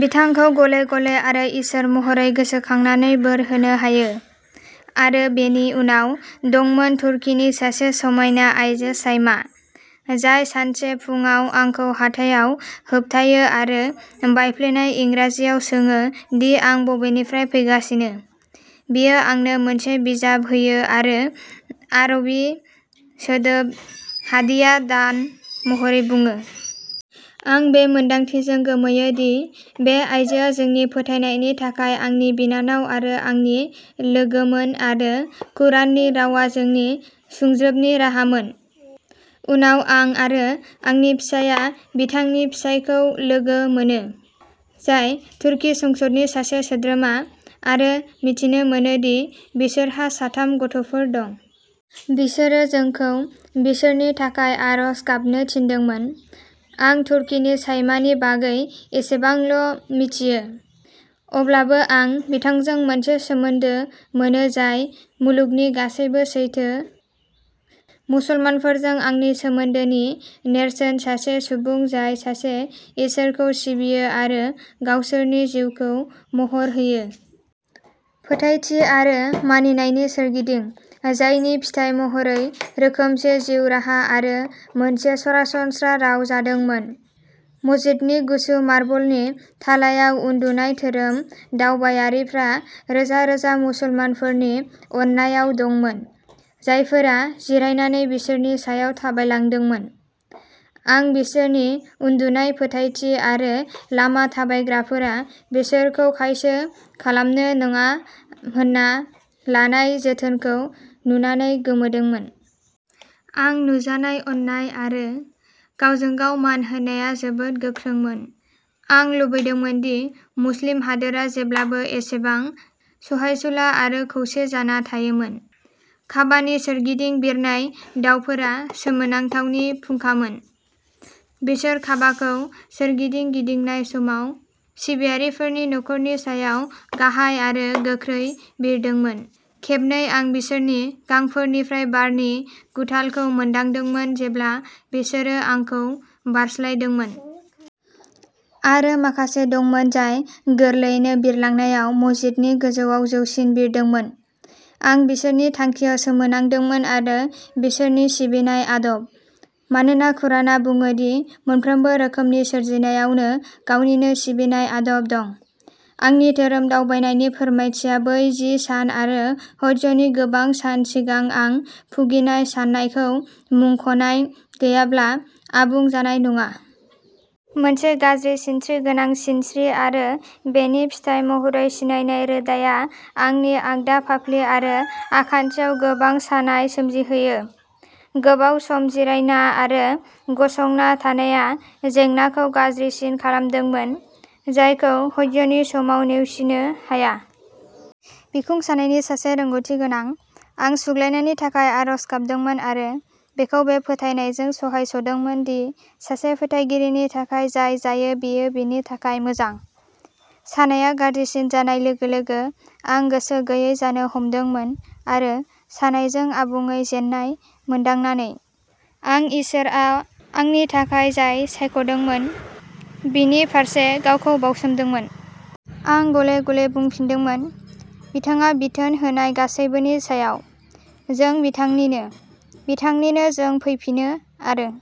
बिथांखौ गले-गले आरो इसोर महरै गोसोखांनानै बोर होनो हायो। आरो बेनि उनाव दंमोन तुर्कीनि सासे समायना आइजो शाइमा, जाय सानसे फुंआव आंखौ हाथाइआव होबथायो आरो बायफ्लेनाय इंराजियाव सोङो दि आं बबेनिफ्राय फैगासिनो। बियो आंनो मोनसे बिजाब होयो आरो आरबि सोदोब हादिया दान महरै बुङो। आं बे मोन्दांथिजों गोमोयो दि बे आइजोआ जोंनि फोथायनायनि थाखाय आंनि बिनानाव आरो आंनि लोगोमोन आरो कुराननि रावा जोंनि सुंज्रोबनि राहामोन। उनाव आं आरो आंनि फिसाया बिथांनि फिसायखौ लोगो मोनो, जाय तुर्की संसदनि सासे सोद्रोमा, आरो मिथिनो मोनो दि बिसोरहा साथाम गथ'फोर दं। बिसोरो जोंखौ बिसोरनि थाखाय आरज गाबनो थिनदोंमोन। आं तुर्कीनि शाइमानि बागै एसेबांल' मिथियो, अब्लाबो आं बिथांजों मोनसे सोमोन्दो मोनो जाय मुलुगनि गासैबो सैथो मुसलमानफोरजों आंनि सोमोन्दोनि नेरसोन-सासे सुबुं जाय सासे इसोरखौ सिबियो आरो गावसोरनि जिउखौ महर होयो। फोथायथि आरो मानिनायनि सोरगिदिं, जायनि फिथाय महरै रोखोमसे जिउ राहा आरो मोनसे सरासनस्रा राव जादोंमोन। मस्जिदनि गुसु मार्बलनि थालायाव उन्दुनाय धोरोम दावबायारिफ्रा रोजा रोजा मुसलमानफोरनि अननायाव दंमोन, जायफोरा जिरायनानै बिसोरनि सायाव थाबायलांदोंमोन। आं बिसोरनि उन्दुनाय फोथायथि आरो लामा थाबायग्राफोरा बिसोरखौ खायसो खालामनो नाङा होनना लानाय जोथोनखौ नुनानै गोमोदोंमोन। आं नुजानाय अननाय आरो गावजों-गाव मान होनाया जोबोद गोख्रोंमोन। आं लुबैदोंमोन दि मुस्लिम हादोरा जेब्लाबो एसेबां सहायसुला आरो खौसे जाना थायोमोन। काबानि सोरगिदिं बिरनाय दावफोरा सोमोनांथावनि फुंखामोन। बिसोर काबाखौ सोरगिदिं गिदिंनाय समाव सिबियारिफोरनि खर'नि सायाव गाहाय आरो गोख्रै बिरदोंमोन। खेबनै आं बिसोरनि गांफोरनिफ्राय बारनि गुथालखौ मोनदांदोंमोन जेब्ला बिसोरो आंखौ बारस्लायदोंमोन। आरो माखासे दंमोन जाय गोरलैयैनो बिरलांनायाव मस्जिदनि गोजौआव गोजौसिम बिरदोंमोन। आं बिसोरनि थांखिया सोमोनांदोंमोन आरो बिसोरनि सिबिनाय आदब, मानोना कुरानआ बुङो दि मोनफ्रोमबो रोखोमनि सोरजिनायावनो गावनिनो सिबिनाय आदब दं। आंनि धोरोम दावबायनायनि फोरमायथिया बै जि सान आरो हज्जनि गोबां सान सिगां आं भुगिनाय सानायखौ मुंख'नाय गैयाब्ला आबुं जानाय नङा। मोनसे गाज्रि सिनस्रि गोनां सिनस्रि आरो बेनि फिथाय महरै सिननाय रोदाआ आंनि आगदा फाफ्लि आरो आखान्थियाव गोबां सानाय सोमजिहोयो। गोबाव सम जिरायना आरो गसंना थानाया जेंनाखौ गाज्रिसिन खालामदोंमोन, जायखौ हज्जनि समाव नेवसिनो हाया। बिखुं सानायनि सासे रोंग'थिगोनां, आं सुग्लायनायनि थाखाय आरज गाबदोंमोन आरो बेखौ बे फोथायनायजों सहायस'दोंमोन दि सासे फोथायगिरिनि थाखाय जाय जायो बेयो बिनि थाखाय मोजां। सानायआ गाज्रिसिन जानाय लोगो-लोगो, आं गोसो गैयै जानो हमदोंमोन आरो सानायजों आबुङै जेननाय मोनदांनानै, आं इसोरआ आंनि थाखाय जाय सायख'दोंमोन बिनि फारसे गावखौ बाउसोमदोंमोन। आं गले-गले बुंफिनदोंमोन, बिथाङा बिथोन होनाय गासैबोनि सायाव। जों बिथांनिनो, बिथांनिनो जों फैफिनो, आरो